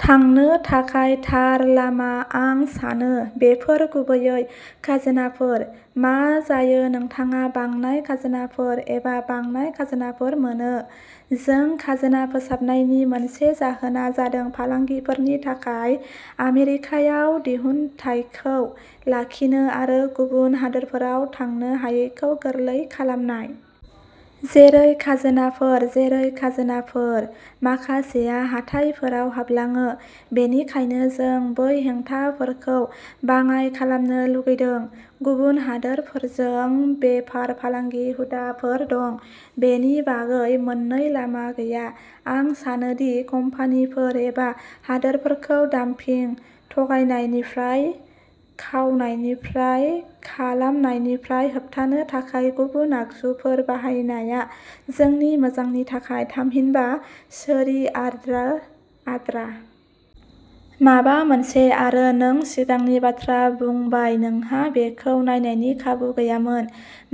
थांनो थाखाय थार लामा। आं सानो बेफोर गुबैयै खाजोनाफोर। मा जायो नोंथाङा बांनाय खाजोनाफोर एबा बांनाय खाजोनाफोर मोनो। जों खाजोना फोसाबनायनि मोनसे जाहोना जादों फालांगिफोरनि थाखाय आमेरिकायाव दिहुनथायखौ लाखिनो आरो गुबुन हादोरफोराव थांनो हायैखौ गोरलै खालामनाय। जेरै खाजोनाफोर, जेरै खाजोनाफोर, माखासेया हाथाइफोराव हाबलाङो। बेनिखायनो जों बै हेंथाफोरखौ बाङाइ खालामनो लुगैदों। गुबुन हादोरफोरजों बेफार फालांगि हुदाफोर दं, बेनि बागै मोननै लामा गैया। आं सानो दि कम्पानिफोर एबा हादोरफोरखौ डाम्पिं, थगायनायनिफ्राय, खावनायनिफ्राय, खालामनायनिफ्राय होबथानो थाखाय गुबुन आगजुफोरखौ बाहायनाया जोंनि मोजांनि थाखाय, थामहिनबा चोरी आरो आद्रा। माबा मोनसे आरो नों सिगांनि बाथ्रा बुंबाय। नोंहा बेखौ नायनायनि खाबु गैयामोन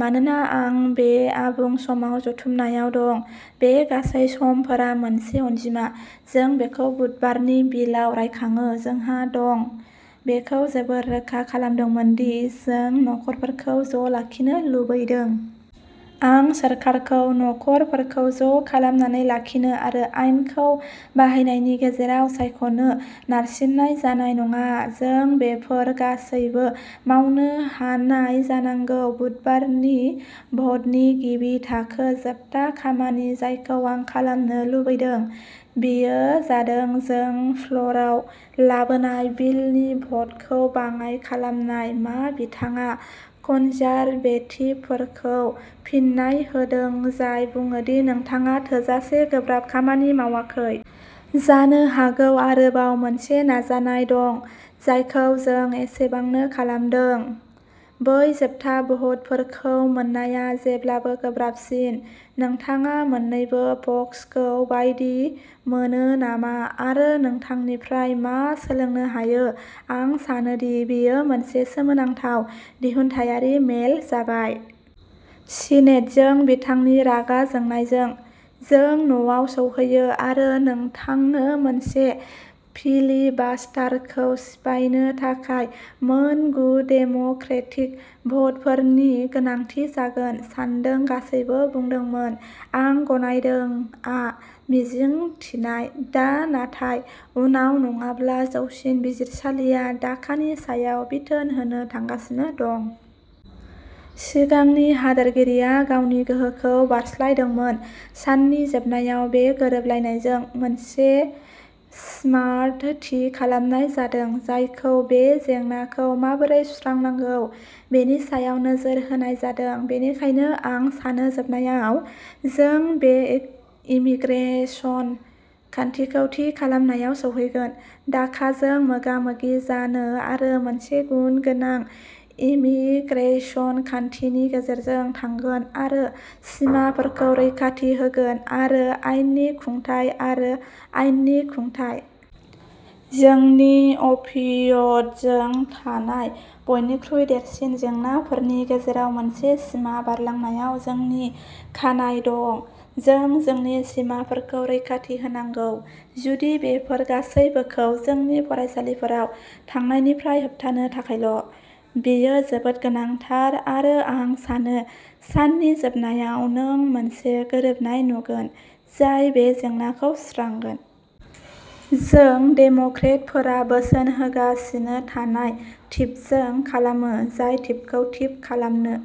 मानोना आं बे आबुं-समाव जथुमनायाव दं। बे गासै समफोरा मोनसे अनजिमा। जों बेखौ बुधबारनि बिलआव रायखाङो। जोंहा दं। बेखौ जोबोर रोखा खालामदोंमोन दि जों नखरफोरखौ ज' लाखिनो लुबैदों। आं सोरखारखौ नखरफोरखौ ज'खालामनानै लाखिनो आरो आयेनखौ बाहायनायनि गेजेराव सायख'नो नारसिननाय जानाय नङा। जों बेफोर गासैबो मावनो हानाय जानांगौ। बुधबारनि भ'टनि गिबि थांखि। जोबथा खामानि जायखौ आं खालामनो लुबैदों बेयो जादों जों फ्ल'रआव लाबोनाय बिलनि भ'टखौ बाङाइ खालामनाय मा बिथाङा कनजारभेटिभफोरखौ फिन्नाय होदों जाय बुङो दि नोंथाङा थोजासे गोब्राब खामानि मावाखै। जानो हागौ आरोबाव मोनसे नाजानाय दं जायखौ जों एसेबांनो खालामदों। बै जोबथा भ'टफोरखौ मोननाया जेब्लाबो गोब्राबसिन। नोंथाङा मोन्नैबो पक्षखौ बायदि मोनो नामा आरो नोंथांनिफ्राय मा सोलोंनो हायो। आं सानोदि बेयो मोनसे सोमोनांथाव दिहुनथायारि मेल जाबाय। सिनेटजों बिथांनि रागा जोंनायमोन। जों न'आव सौहैयो आरो नोंथांनो मोनसे फिलिबास्टारखौ सिफायनो थाखाय मोनगु डेम'क्रेटिक भ'टफोरनि गोनांथि जागोन। सानदों गासैबो बुंदोंमोन, आं गनायदोंआ मिजिं थिनाय। दा, नाथाय उनाव नङाब्ला जौसिन बिजिरसालिया डाकानि सायाव बिथोन होनो थांगासिनो दं। सिगांनि हादोरगिरिया गावनि गोहोखौ बारस्लायदोंमोन। साननि जोबनायाव, बे गोरोबलायनायजों लोगोसे मोनसे स्मार्ट थि खालामनाय जादों, जायखौ बे जेंनाखौ माबोरै सुस्रांनांगौ बेनि सायाव नोजोर होनाय जादों, बेनिखायनो आं सानो जोबनायाव, जों बे इमीग्रेसन खान्थिखौ थि खालामनायाव सौहैगोन, डाकाजों मोगा-मोगि जागोन आरो मोनसे गुन गोनां इमीग्रेसन खान्थिनि गेजेरजों थांगोन आरो सिमाफोरखौ रैखाथि होगोन आरो आयेननि खुंथाय आरो आयेननि खुंथाय। जोंनि अफियइडजों थानाय बयनिख्रुइ देरसिन जेंनाफोरनि गेजेराव मोनसे, सिमा बारलांनायाव जोंनि खानाय दं। जों जोंनि सिमाफोरखौ रैखाथि होनांगौ। जुदि बेफोर गासिबोखौ जोंनि फरायसालिफोराव थांनायनिफ्राय होबथानो थाखायल'। बेयो जोबोद गोनांथार आरो आं सानो साननि जोबनायाव, नों मोनसे गोरोबनाय नुगोन जाय बे जेंनाखौ सुस्रांगोन। जों डेम'क्रेटफोरा बोसोन होगासिनो थानाय थिफजों खालामो, जाय थिफखौ थिफ खालामनो।